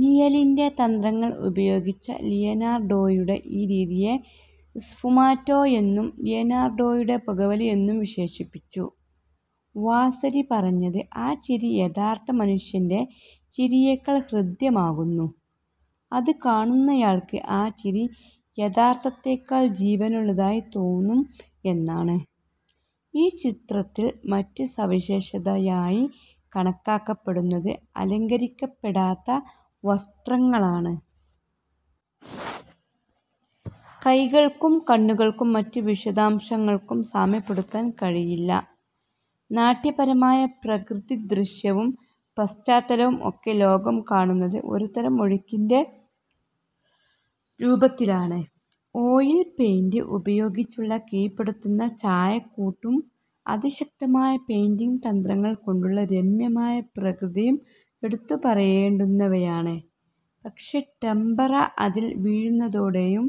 നീയെന്റെതന്ത്രങ്ങൾ ഉപയോഗിച്ച ലിയനാർഡോയുടെ ഈ രീതിയെ സ്ഫുമാറ്റോ എന്നും ലിയനാർഡോയുടെ പുകവലി എന്നും വിശേഷിപ്പിച്ചു. വാസരി പറഞ്ഞത്, ആ ചിരി യഥാർത്ഥ മനുഷ്യൻ്റെ ചിരിയേക്കാൾ ഹൃദ്യമാകുന്നു. അത് കാണുന്നയാൾക്ക് ആ ചിരി യഥാർത്ഥത്തേക്കാൾ ജീവനുള്ളതായി തോന്നും എന്നാണ്.ഈ ചിത്രത്തിൽ മറ്റ് സവിശേഷതയായി കണക്കാക്കപ്പെടുന്നത് അലങ്കരിക്കപ്പെടാത്ത വസ്ത്രങ്ങളാണ്. കൈകൾക്കും കണ്ണുകൾക്കും മറ്റ് വിശദാംശങ്ങൾക്കും സാമ്യപ്പെടുത്താൻ കഴിയില്ല. നാട്യപരമായ പ്രകൃതിദൃശ്യവും പശ്ചാത്തലവും ഒക്കെ ലോകം കാണുന്നത് ഒരുതരം ഒഴുക്കിൻ്റെ രൂപത്തിലാണ്. ഓയിൽ പെയിന്റ് ഉപയോഗിച്ചുള്ള കീഴ്പ്പെടുത്തുന്ന ചായക്കൂട്ടും അതിശക്തമായ പെയിന്റിങ് തന്ത്രങ്ങൾ കൊണ്ടുള്ള രമ്യമായ പ്രകൃതിയും എടുത്തുപറയേണ്ടുന്നവയാണ്. പക്ഷെ ടെമ്പറ അതിൽ വീഴുന്നതോടെയും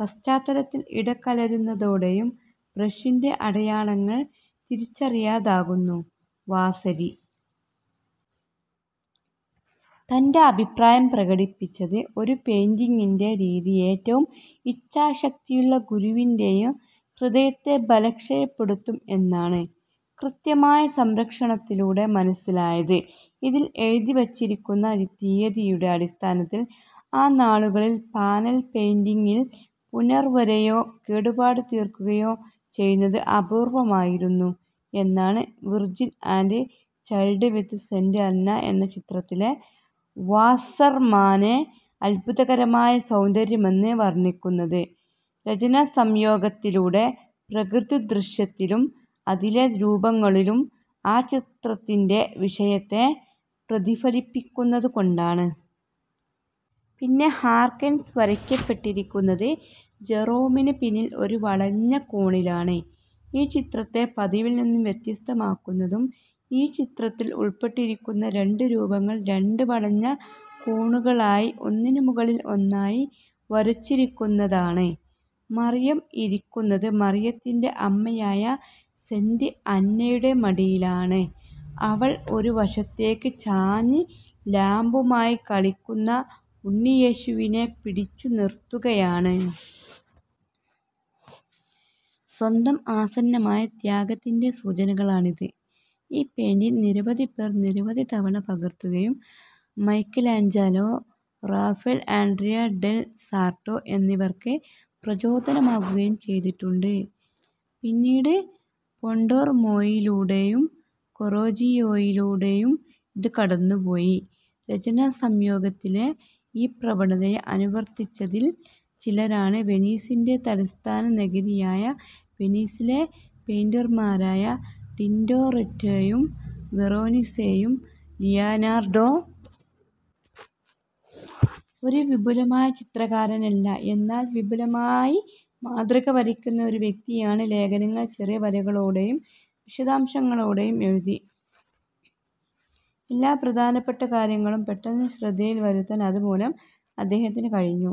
പശ്ചാത്തലത്തിൽ ഇടകലരുന്നതോടെയും ബ്രഷിൻ്റെ അടയാളങ്ങൾ തിരിച്ചറിയാതാകുന്നു. വാസരി തൻ്റെ അഭിപ്രായം പ്രകടിപ്പിച്ചത് ഒരു പെയിന്റിങ്ങിൻ്റെ രീതി ഏറ്റവും ഇച്ഛാശക്തിയുള്ള ഗുരുവിൻ്റെ യും ഹൃദയത്തെ ബലക്ഷയപ്പെടുത്തും എന്നാണ്. കൃത്യമായ സംരക്ഷണത്തിലൂടെ മനസ്സിലായത്, ഇതിൽ എഴുതിവച്ചിരിക്കുന്ന തീയതിയുടെ അടിസ്ഥാനത്തിൽ ആ നാളുകളിൽ പാനൽ പെയിന്റിങ്ങിൽ പുനർവരയോ കേടുപാട് തീർക്കുകയോ ചെയ്യുന്നത് അപൂർവ്വമായിരുന്നു എന്നാണ്. Virgin and Child with Saint Anna എന്ന ചിത്രത്തിലെ വാസ്സെർമാനെ അത്ഭുതകരമായ സൗന്ദര്യമെന്ന് വർണ്ണിക്കുന്നത് രചനാസംയോഗത്തിലൂടെ പ്രകൃതിദൃശ്യത്തിലും അതിലെ രൂപങ്ങളിലും ആ ചിത്രത്തിൻ്റെ വിഷയത്തെ പ്രതിഫലിപ്പിക്കുന്നതുകൊണ്ടാണ്. പിന്നെ ഹാർക്കൻസ് വരയ്ക്കപ്പെട്ടിരിക്കുന്നത് ജെറോമിന് പിന്നിൽ ഒരു വളഞ്ഞ കോണിലാണ്. ഈ ചിത്രത്തെ പതിവിൽ നിന്നും വ്യത്യസ്തമാക്കുന്നതും ഈ ചിത്രത്തിൽ ഉൾപ്പെട്ടിരിക്കുന്ന രണ്ട് രൂപങ്ങൾ രണ്ട് വളഞ്ഞ കോണുകളായി ഒന്നിനുമുകളിൽ ഒന്നായി വരച്ചിരിക്കുന്നതാണ്. മറിയം ഇരിക്കുന്നത് മറിയത്തിൻ്റെ അമ്മയായ സെന്റ് അന്നയുടെ മടിയിലാണ്. അവൾ ഒരു വശത്തേക്ക് ചാഞ്ഞ് ലാമ്പുമായി കളിക്കുന്ന ഉണ്ണിയേശുവിനെ പിടിച്ചുനിർത്തുകയാണ്. സ്വന്തം ആസന്നമായ ത്യാഗത്തിൻ്റെ സൂചനകളാണിത്.ഈ പെയിന്റിങ് നിരവധി പേർ നിരവധി തവണ പകർത്തുകയും Michelangelo, Raphael, Andrea del Sarto എന്നിവർക്ക് പ്രചോദനമാകുകയും ചെയ്തിട്ടുണ്ട്. പിന്നീട് പോണ്ടോർമോയിലൂടെയും കൊറെജിയോയിലൂടെയും ഇത് കടന്നുപോയി. രചനാസംയോഗത്തിലെ ഈ പ്രവണതയെ അനുവർത്തിച്ചതിൽ ചിലരാണ് വെനീസിൻ്റെ തലസ്ഥാന നഗരിയായ വെനീസിലെ പെയിന്റർമാരായ ടിന്റൊറെറ്റൊയും വെറോനീസെയും. ലിയനാർഡോ ഒരു വിപുലമായ ചിത്രകാരനല്ല, എന്നാൽ വിപുലമായി മാതൃക വരയ്ക്കുന്ന ഒരു വ്യക്തിയാണ്. ലേഖനങ്ങൾ ചെറിയ വരകളോടെയും വിശദാംശങ്ങളോടെയും എഴുതി. എല്ലാ പ്രധാനപ്പെട്ട കാര്യങ്ങളും പെട്ടെന്ന് ശ്രദ്ധയിൽ വരുത്താൻ അതുമൂലം അദ്ദേഹത്തിന് കഴിഞ്ഞു.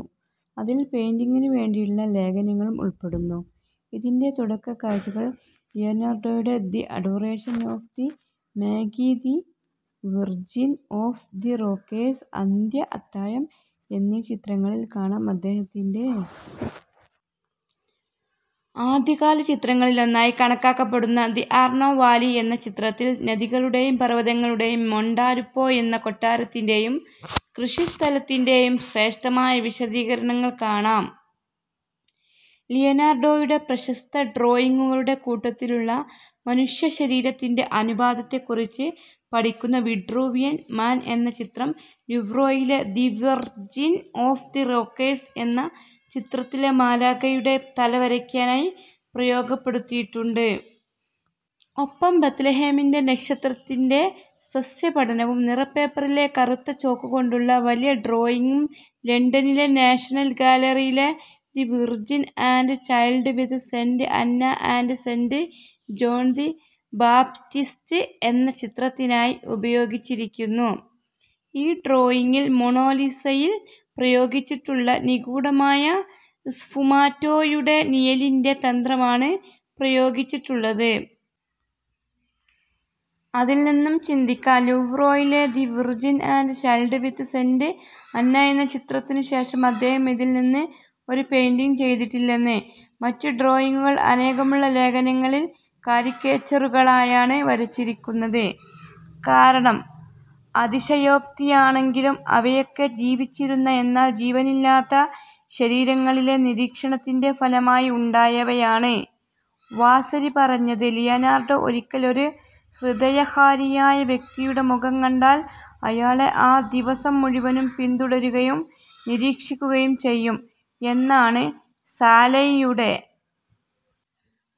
അതിൽ പെയിന്റിങ്ങിനുവേണ്ടിയുള്ള ലേഖനങ്ങളും ഉൾപ്പെടുന്നു. ഇതിൻ്റെ തുടക്കക്കാഴ്ചകൾ ലിയനാർഡോയുടെ the Adoration of the Magi, the Virgin of the Rocks, അന്ത്യ അത്താഴം എന്നീ ചിത്രങ്ങളിൽ കാണാം. അദ്ദേഹത്തിൻ്റെ ആദ്യകാല ചിത്രങ്ങളിലൊന്നായി കണക്കാക്കപ്പെടുന്ന ദി ആർണോ വാലി എന്ന ചിത്രത്തിൽ നദികളുടെയും പർവതങ്ങളുടെയും മൊണ്ടേലുപ്പോ എന്ന കൊട്ടാരത്തിൻ്റെ യും കൃഷിസ്ഥലത്തിൻ്റെ യും ശ്രേഷ്ഠമായ വിശദീകരണങ്ങൾ കാണാം. ലിയനാർഡോയുടെ പ്രശസ്ത ഡ്രോയിങ്ങുകളുടെ കൂട്ടത്തിലുള്ള മനുഷ്യശരീരത്തിൻ്റെ അനുപാതത്തെ കുറിച്ച് പഠിക്കുന്ന വിട്രൂവിയൻ മാൻ എന്ന ചിത്രം ലൂവ്രേയിലെ the Virgin of the Rocks എന്ന ചിത്രത്തിലെ മാലാഖയുടെ തല വരയ്ക്കാനായി പ്രയോഗപ്പെടുത്തിയിട്ടുണ്ട്. ഒപ്പം ബെത്ലഹേമിൻ്റെ നക്ഷത്രത്തിൻ്റെ സസ്യപഠനവും നിറപ്പേപ്പറിലെ കറുത്ത ചോക്കുകൊണ്ടുള്ള വലിയ ഡ്രോയിങ്ങും ലണ്ടനിലെ നാഷണൽ ഗാലറിയിലെ the Virgin and Child with Saint Anna and Saint John the Baptist എന്ന ചിത്രത്തിനായി ഉപയോഗിച്ചിരിക്കുന്നു.ഈ ഡ്രോയിങ്ങിൽ മൊണാലിസയിൽ പ്രയോഗിച്ചിട്ടുള്ള നിഗൂഢമായ സ്ഫുമാറ്റോയുടെ നിഴലിൻ്റെ തന്ത്രമാണ് പ്രയോഗിച്ചിട്ടുള്ളത്. അതിൽനിന്നും ചിന്തിക്കാം, ലൂവ്രേയിലെ the Virgin and Child with Saint Anna എന്ന ചിത്രത്തിനുശേഷം അദ്ദേഹം ഇതിൽനിന്ന് ഒരു പെയിന്റിങ് ചെയ്തിട്ടില്ലെന്ന്. മറ്റ് ഡ്രോയിങ്ങുകൾ അനേകമുള്ള ലേഖനങ്ങളിൽ കാരിക്കേച്ചറുകളായാണ് വരച്ചിരിക്കുന്നത്. കാരണം അതിശയോക്തിയാണെങ്കിലും അവയൊക്കെ ജീവിച്ചിരുന്ന, എന്നാൽ ജീവനില്ലാത്ത ശരീരങ്ങളിലെ നിരീക്ഷണത്തിൻ്റെ ഫലമായി ഉണ്ടായവയാണ്. വാസരി പറഞ്ഞത്, ലിയനാർഡോ ഒരിക്കൽ ഒരു ഹൃദയഹാരിയായ വ്യക്തിയുടെ മുഖം കണ്ടാൽ അയാളെ ആ ദിവസം മുഴുവനും പിന്തുടരുകയും നിരീക്ഷിക്കുകയും ചെയ്യും എന്നാണ്. സാലൈയുടെ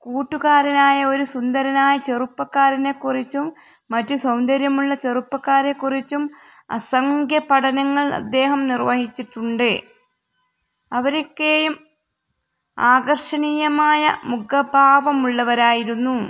കൂട്ടുകാരനായ ഒരു സുന്ദരനായ ചെറുപ്പക്കാരനെ കുറിച്ചും മറ്റ് സൗന്ദര്യമുള്ള ചെറുപ്പക്കാരെ കുറിച്ചും അസംഖ്യം പഠനങ്ങൾ അദ്ദേഹം നിർവഹിച്ചിട്ടുണ്ട്. അവരൊക്കെയും ആകർഷണീയമായ മുഖഭാവമുള്ളവരായിരുന്നു.